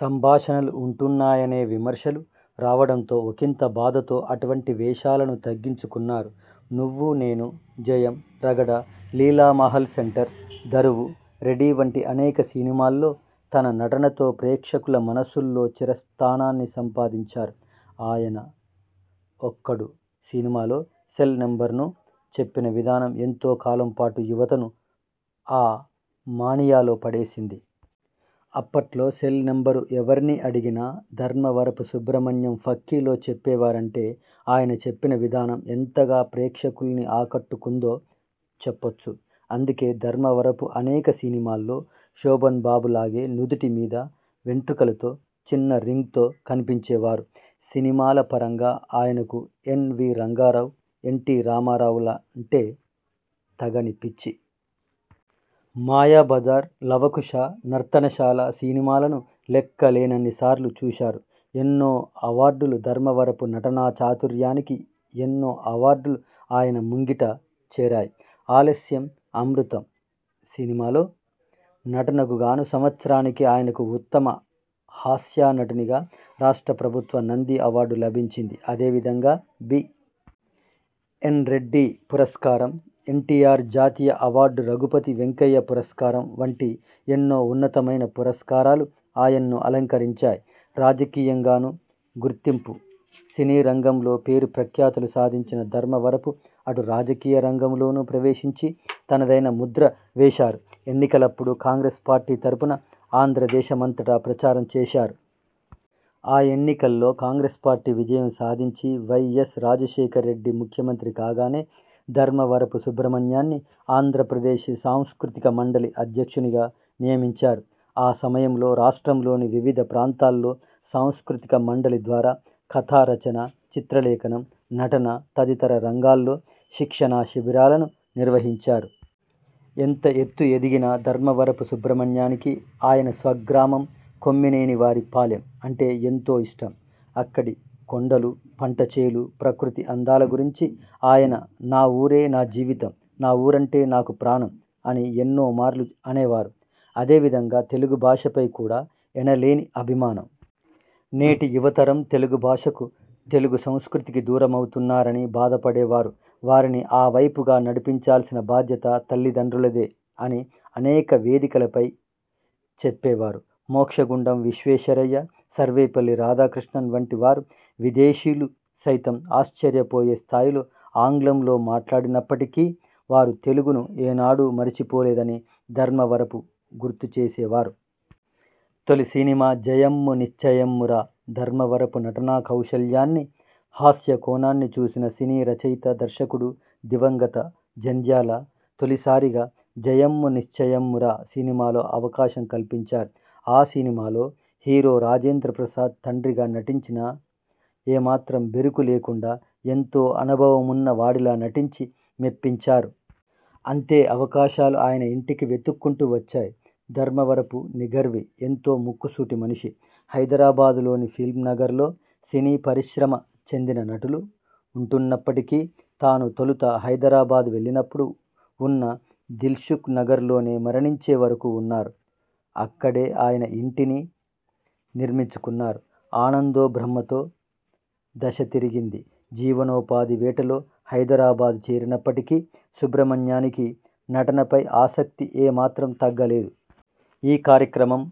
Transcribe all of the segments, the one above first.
సంభాషణలు ఉంటున్నాయనే విమర్శలు రావడంతో ఒకింత బాధతో అటువంటి వేషాలను తగ్గించుకున్నారు. నువ్వునేను, జయం, రగడ, లీలామహల్ సెంటర్, దరువు, రెడీ వంటి అనేక సినిమాల్లో తన నటనతో ప్రేక్షకుల మనసుల్లో చిరస్థానాన్ని సంపాదించారు. ఆయన 'ఒక్కడు' సినిమాలో సెల్ నెంబరును చెప్పిన విధానం ఎంతో కాలంపాటు యువతను ఆ మానియాలో పడేసింది. అప్పట్లో సెల్నెంబరు ఎవర్ని అడిగినా ధర్మవరపు సుబ్రహ్మణ్యం ఫక్కీలో చెప్పేవారంటే ఆయన చెప్పిన విధానం ఎంతగా ప్రేక్షకుల్ని ఆకట్టుకుందో చెప్పొచ్చు. అందుకే ధర్మవరపు అనేక సినిమాల్లో శోభన్బాబులాగే నుదిటి మీద వెంట్రుకలతో చిన్న రింగ్తో కనిపించేవారు. సినిమాల పరంగా ఆయనకు ఎస్. వి. రంగారావు, ఎన్టీ రామారా వులంటే తగని పిచ్చి. మాయాబజార్, లవకుశ, నర్తనశాల సినిమాలను లెక్కలేనన్ని సార్లు చూశారు. ఎన్నో అవార్డులు ధర్మవరపు నటనా చాతుర్యానికి ఎన్నో అవార్డులు ఆయన ముంగిట చేరాయి. 'ఆలస్యం అమృతం' సినిమాలో నటనకు గాను సంవత్సరానికి ఆయనకు ఉత్తమ హాస్య నటునిగా రాష్ట్ర ప్రభుత్వ నంది అవార్డు లభించింది. అదే విధంగా బి. ఎన్. రెడ్డి పురస్కారం, ఎన్టీఆర్ జాతీయ అవార్డు, రఘుపతి వెంకయ్య పురస్కారం వంటి ఎన్నోఉన్నతమైన పురస్కారాలు ఆయన్ను అలంకరించాయి. రాజకీయం గానూ గుర్తింపు సినీ రంగంలో పేరు ప్రఖ్యాతులు సాధించిన ధర్మవరపు అటు రాజకీయ రంగం లోనూ ప్రవేశించి తనదైన ముద్ర వేశారు. ఎన్నికలప్పుడు కాంగ్రెస్ పార్టీ తరఫున ఆంధ్రదేశ మంతటా ప్రచారం చేశారు. ఆ ఎన్నికల్లో కాంగ్రెస్ పార్టీ విజయం సాధించి వై. యస్. రాజశేఖర రెడ్డి ముఖ్యమంత్రి కాగానే ధర్మవరపు సుబ్రహ్మణ్యాన్ని ఆంధ్ర ప్రదేశ్ సాంస్కృతిక మండలి అధ్యక్షునిగా నియమించారు. ఆ సమయంలో రాష్ట్రం లోని వివిధ ప్రాంతాల్లో సాంస్కృతిక మండలి ద్వారా కథా రచన, చిత్రలేఖనం, నటన తదితర రంగాల్లో శిక్షణా శిబిరాలను నిర్వహించారు. ఎంత ఎత్తు ఎదిగినా ధర్మవరపు సుబ్రహ్మణ్యానికి ఆయన స్వగ్రామం కొమ్మినేని వారి పాలెం అంటే ఎంతో ఇష్టం. అక్కడి కొండలు, పంటచేలు ప్రకృతి అందాల గురించి ఆయన 'నా ఊరే నా జీవితం. నా ఊరంటే నాకు ప్రాణం' అని ఎన్నోమార్లు అనేవారు. అదే విధంగా తెలుగు భాషపై కూడా ఎనిలేని అభిమానం. నేటి యువతరం తెలుగు భాషకు, తెలుగు సంస్కృతికి దూరమవుతున్నారని బాధపడేవారు. వారిని ఆవైపు గా నడిపించాల్సిన బాధ్యత తల్లి దండ్రులదే అని అనేక వేది కలపై చెప్పేవారు. మోక్షగుండం విశ్వే శ్వరయ్య, సర్వేపల్లి రాధాకృష్ణన్ వంటి వారు విదేశీయులు సైతం ఆశ్చర్యపోయే స్థాయిలో ఆంగ్లంలో మాట్లాడినప్పటికీ వారు తెలుగును ఏనాడూ మరిచి పోలేదని ధర్మవరపు గుర్తుచేసేవారు. తొలి సినిమా జయమ్ము నిశ్చయమ్మురా ధర్మవరపు నటనా కౌశల్యాన్ని, హాస్యకోణాన్ని చూసిన సినీ రచయిత, దర్శకుడు దివంగత జంధ్యాల తొలిసారిగా 'జయమ్ము నిశ్చయమ్మురా' సినిమాలో అవకాశం కల్పించారు. ఆ సినిమాలో హీరో రాజేంద్రప్రసాద్ తండ్రిగా నటించినా ఏమాత్రం బెరుకు లేకుండా ఎంతో అనుభవమున్న వాడిలా నటించి మెప్పించారు. అంతే అవకాశాలు ఆయన ఇంటికి వెతుక్కుంటూ వచ్చాయి. ధర్మవరపు నిగర్వి ఎంతో ముక్కుసూటి మనిషి. హైదరాబాదు లోని ఫిల్మ్నగర్లో సినీ పరిశ్రమ చెందిన నటులు ఉంటున్నప్పటికీ తాను తొలుత హైదరాబాదు వెళ్లినపుడు ఉన్న దిల్షుక్నగర్లోనే మరణించే వరకు ఉన్నారు. అక్కడే ఆయన ఇంటిని నిర్మించుకున్నారు. ఆనందో బ్రహ్మతో దశ తిరిగింది జీవనోపాధి వేటలో హైదరాబాదు చేరినప్పటికి సుబ్రహ్మణ్యానికి నటనపై ఆసక్తి ఏ మాత్రం తగ్గలేదు. ఈ కార్యక్రమం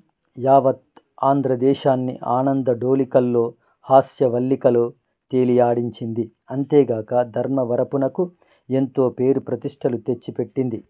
యావత్ ఆంధ్రదేశాన్ని ఆనందడోలికల్లో, హాస్యవల్లికలో తేలియాడించింది. అంతేగాక ధర్మవరపునకు ఎంతో పేరు ప్రతిష్ఠలు తెచ్చిపెట్టింది.